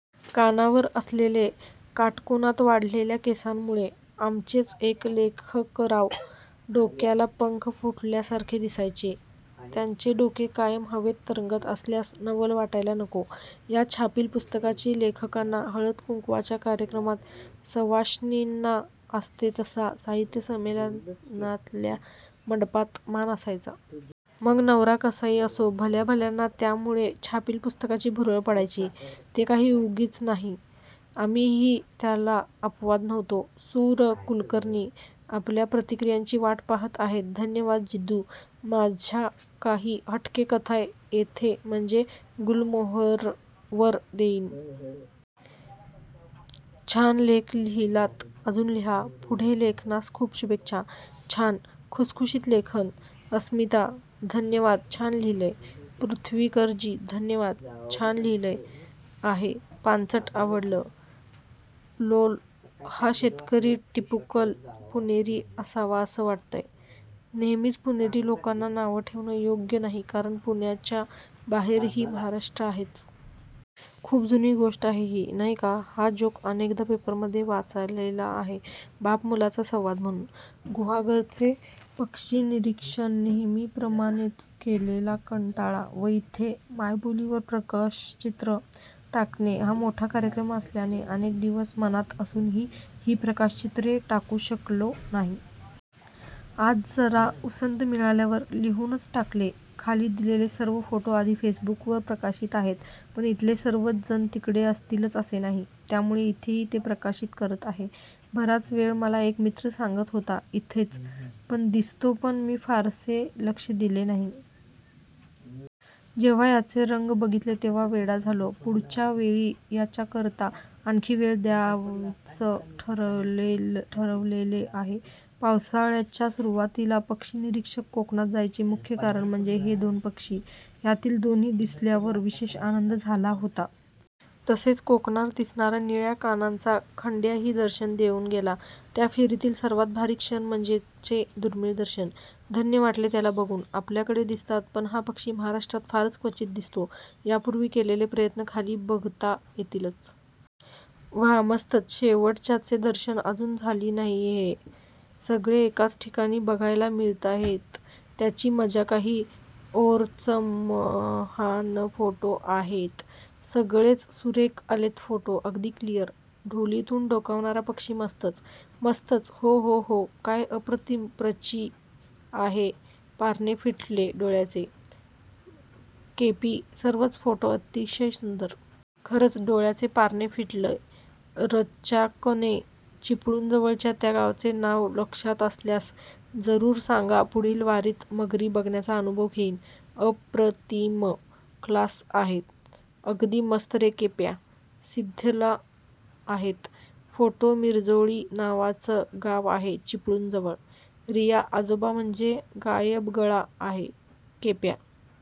कानावर असलेले, काटकोनात वाढलेल्या केसांमुळे, आमचेच एक लेखकराव, डोक्याला पंख फुटल्या सारखे दिसायचे! त्यांचे डोके कायम हवेत तरंगत असल्यास नवल वाटायला नको! या छापील पुस्तकाचे लेखकाना, हळदी कुंकवाच्या कार्यक्रमात सवाष्णीना असतो तसा, साहित्य संमेलनातल्या मंडपात, मान असायचा. मग नवरा कसाही असो! भल्या भल्याना त्यामुळे छापील पुस्तकाची भुरळ पडायची. ते काही उगीच नाही! आम्हीही त्याला अपवाद नव्हतो. सु र कुलकर्णी. आपल्या प्रतिक्रियांची वाट पहात आहे. धन्यवाद जिद्दू. माझ्या काही 'हटके'कथा येथे म्हणजे, गुलमोहरवर देईन. छान लेख लिहिलात. अजुन लिहा.. पुढील लेखनास खूप शुभेच्छा..!! छान, खुसखुशीत लेखन! अस्मिता, धन्यवादछान लिहिलंय. पृथ्वीकरजी धन्यवादछान लिहिले आहेपांचटआवडले. लोल, हा शेतकरी टिपिकल पुणेरी असावा असं वाटंतय! नेहमीच पुणेरी लोकांना नावे ठेवणं योग्य नाहीकारण पुण्याच्या बाहेरही महाराष्ट्र आहेच. खूप जुनी गोष्ट आहे ही, नाही का? हा जोक अनेकदा पेपरमधे वाचलेला आहे. बाप-मुलाचा संवाद म्हणून. गुहागरचे पक्षीनिरीक्षणनेहेमीप्रमाणेच केलेला कंटाळा व इथे मायबोलीवर प्रकाशचित्र टाकणे हा मोठा कार्यक्रम असल्याने अनेक दिवस मनात असुनही ही प्रकाशचित्रे टाकु शकलो नाही. आज जरा उसंत मिळाल्यावर लिहुनच टाकले. खाली दिलेले सर्व फोटो आधी फेसबुकावर प्रकाशित आहेत पण इथले सर्वच जण तिकडे असतीलच असे नाही. त्यामुळे इथेही ते प्रकाशित करत आहे. बराच वेळ मला एक मित्र सांगत होता इथेच ' पण दिसतो पण मी फारसे लक्ष दिले नव्हते. जेव्हा याचे रंग बघीतले तेव्हा वेडा झालो. पुढच्या वेळी याच्याकरता आणखी वेळ द्यायच ठरवले आहे. पावसाळ्याच्या सुरुवातीला पक्षीनिरीक्षक कोकणात जायचे मुख्य कारण म्हणजे, हे दोन पक्षी. यातील दोन्ही दिसल्यावर विशेष आनंद झाला होता. तसेच कोकणार दिसणारा निळ्या कानांचा खंड्याही दर्शन देऊन गेला. त्या फेरीतील सर्वात भारी क्षण म्हणजे चे दुर्मिळ दर्शन. धन्य वाटले त्याला बघुन. आपल्याकडे दिसतात पण हा पक्षी महाराष्ट्रात फारच क्वचीत दिसतो. यापूर्वी केलेले प्रयत्न खाली बघता येतीलच. वाह मस्तच, शेवटच्याचे दर्शन अजून झाले नाहीयेहे सगळे एकाच ठिकाणी बघायला मिळताहेत त्याची मजा काही औरचम हा न फोटो आहेत सगळेचसुरेख आलेत फोटो. अगदी क्लिअर!!! ढोलीतून डोकावणारा पक्षी मस्तच. मस्तच हो हो हो काय अप्रतिम प्रचि आहेत पारणे फिटले डोळ्याचे_______/\_______केपी, सर्वच फोटो अतिशय सुंदर. खरंच डोळ्याचे पारणे फिटले. रच्याकने, चिपळूणजवळच्या त्या गावाचे नाव लक्षात असल्यास जरूर सांगा पुढील वारीत मगरी बघण्याचा अनुभव घेईन. अ प्र ति म. क्लास आहे अगदी. मस्त रे केप्या! सिधला आहेत फोटोमिरजोळी नावाचं गाव आहे चिपळूण जवळ.! रीया आजोबा म्हणजे गायबगळा आहे. केप्या..